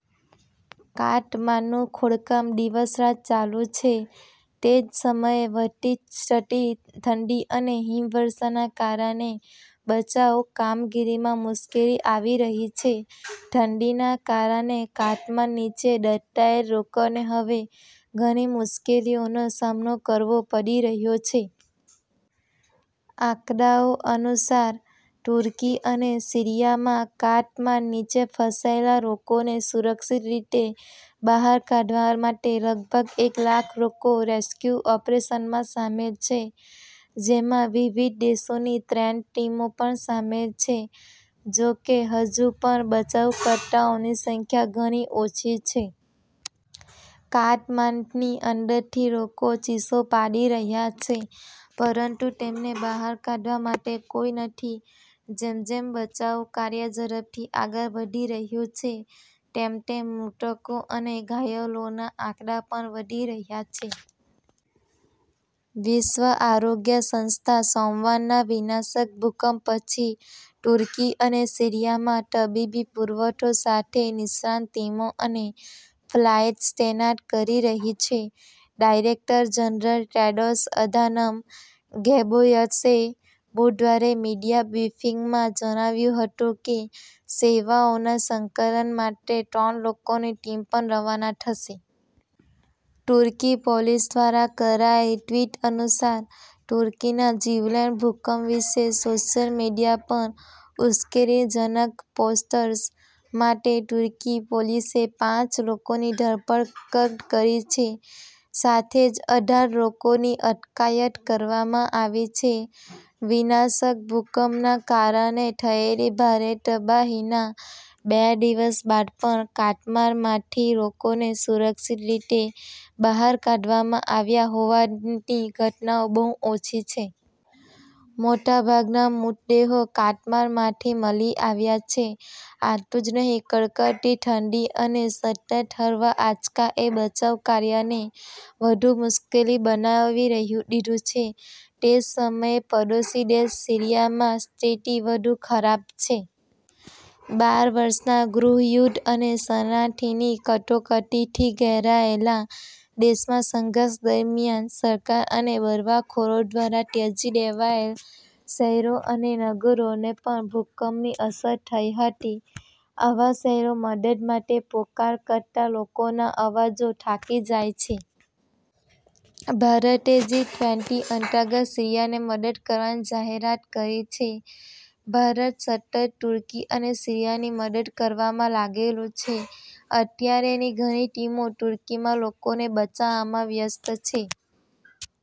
કાટમાળનું ખોદકામ દિવસ-રાત ચાલુ છે. તે જ સમયે વધતી જતી ઠંડી અને હિમવર્ષાના કારણે બચાવ કામગીરીમાં મુશ્કેલી આવી રહી છે. ઠંડીના કારણે કાટમાળ નીચે દટાયેલા લોકોને હવે ઘણી મુશ્કેલીઓનો સામનો કરવો પડી રહ્યો છે. આંકડાઓ અનુસાર, તુર્કી અને સીરિયામાં કાટમાળ નીચે ફસાયેલા લોકોને સુરક્ષિત રીતે બહાર કાઢવા માટે લગભગ એક લાખ લોકો રેસ્ક્યુ ઓપરેશનમાં સામેલ છે, જેમાં વિવિધ દેશોની ટ્રેન્ડ ટીમો પણ સામેલ છે. જો કે, હજુ પણ બચાવકર્તાઓની સંખ્યા ઘણી ઓછી છે. કાટમાળની અંદરથી લોકો ચીસો પાડી રહ્યા છે, પરંતુ તેમને બહાર કાઢવા માટે કોઈ નથી. જેમ જેમ બચાવ કાર્ય ઝડપથી આગળ વધી રહ્યું છે તેમ તેમ મૃતકો અને ઘાયલોના આંકડા પણ વધી રહ્યા છે. વિશ્વ આરોગ્ય સંસ્થા સોમવારના વિનાશક ભૂકંપ પછી તુર્કી અને સીરિયામાં તબીબી પુરવઠો સાથે નિષ્ણાત ટીમો અને ફ્લાઇટ્સ તૈનાત કરી રહી છે. ડાયરેક્ટર-જનરલ ટેડ્રોસ અધાનમ ઘેબ્રેયસસે બુધવારે મીડિયા બ્રીફિંગમાં જણાવ્યું હતું કે સેવાઓના સંકલન માટે ત્રણ લોકોની ટીમ પણ રવાના થશે. તુર્કી પોલીસ દ્વારા કરાયેલ ટ્વિટ અનુસાર, તુર્કીના જીવલેણ ભૂકંપ વિશે સોશિયલ મીડિયા પર 'ઉશ્કેરણીજનક પોસ્ટ્સ' માટે તુર્કી પોલીસે પાંચ લોકોની ધરપકડ કરી છે. સાથે જ અઢાર લોકોની અટકાયત કરવામાં આવી છે. વિનાશક ભૂકંપના કારણે થયેલી ભારે તબાહીના બે દિવસ બાદ પણ કાટમાળમાંથી લોકોને સુરક્ષિત રીતે બહાર કાઢવામાં આવ્યા હોવાની ઘટનાઓ બહુ ઓછી છે. મોટા ભાગના મૃતદેહો કાટમાળમાંથી મળી આવ્યા છે. આટલું જ નહીં, કડકડતી ઠંડી અને સતત હળવા આંચકા એ બચાવ કાર્યને વધુ મુશ્કેલ બનાવી દીધું છે. તે જ સમયે, પડોશી દેશ સીરિયામાં સ્થિતિ વધુ ખરાબ છે. બાર વર્ષના ગૃહયુદ્ધ અને શરણાર્થીની કટોકટીથી ઘેરાયેલા દેશમાં સંઘર્ષ દરમિયાન સરકાર અને બળવાખોરો દ્વારા ત્યજી દેવાયેલા શહેરો અને નગરોને પણ ભૂકંપની અસર થઈ હતી. આવા શહેરો મદદ માટે પોકાર કરતા લોકોના અવાજો થાકી જાય છે. ભારતે જી-ટ્વેંટી અંતર્ગત સીરિયાને મદદ કરવાની જાહેરાત કરી છે। ભારત સતત તુર્કી અને સીરિયાની મદદ કરવામાં લાગેલું છે. અત્યારે ની ઘણી ટીમો તુર્કીમાં લોકોને બચાવવામાં વ્યસ્ત છે.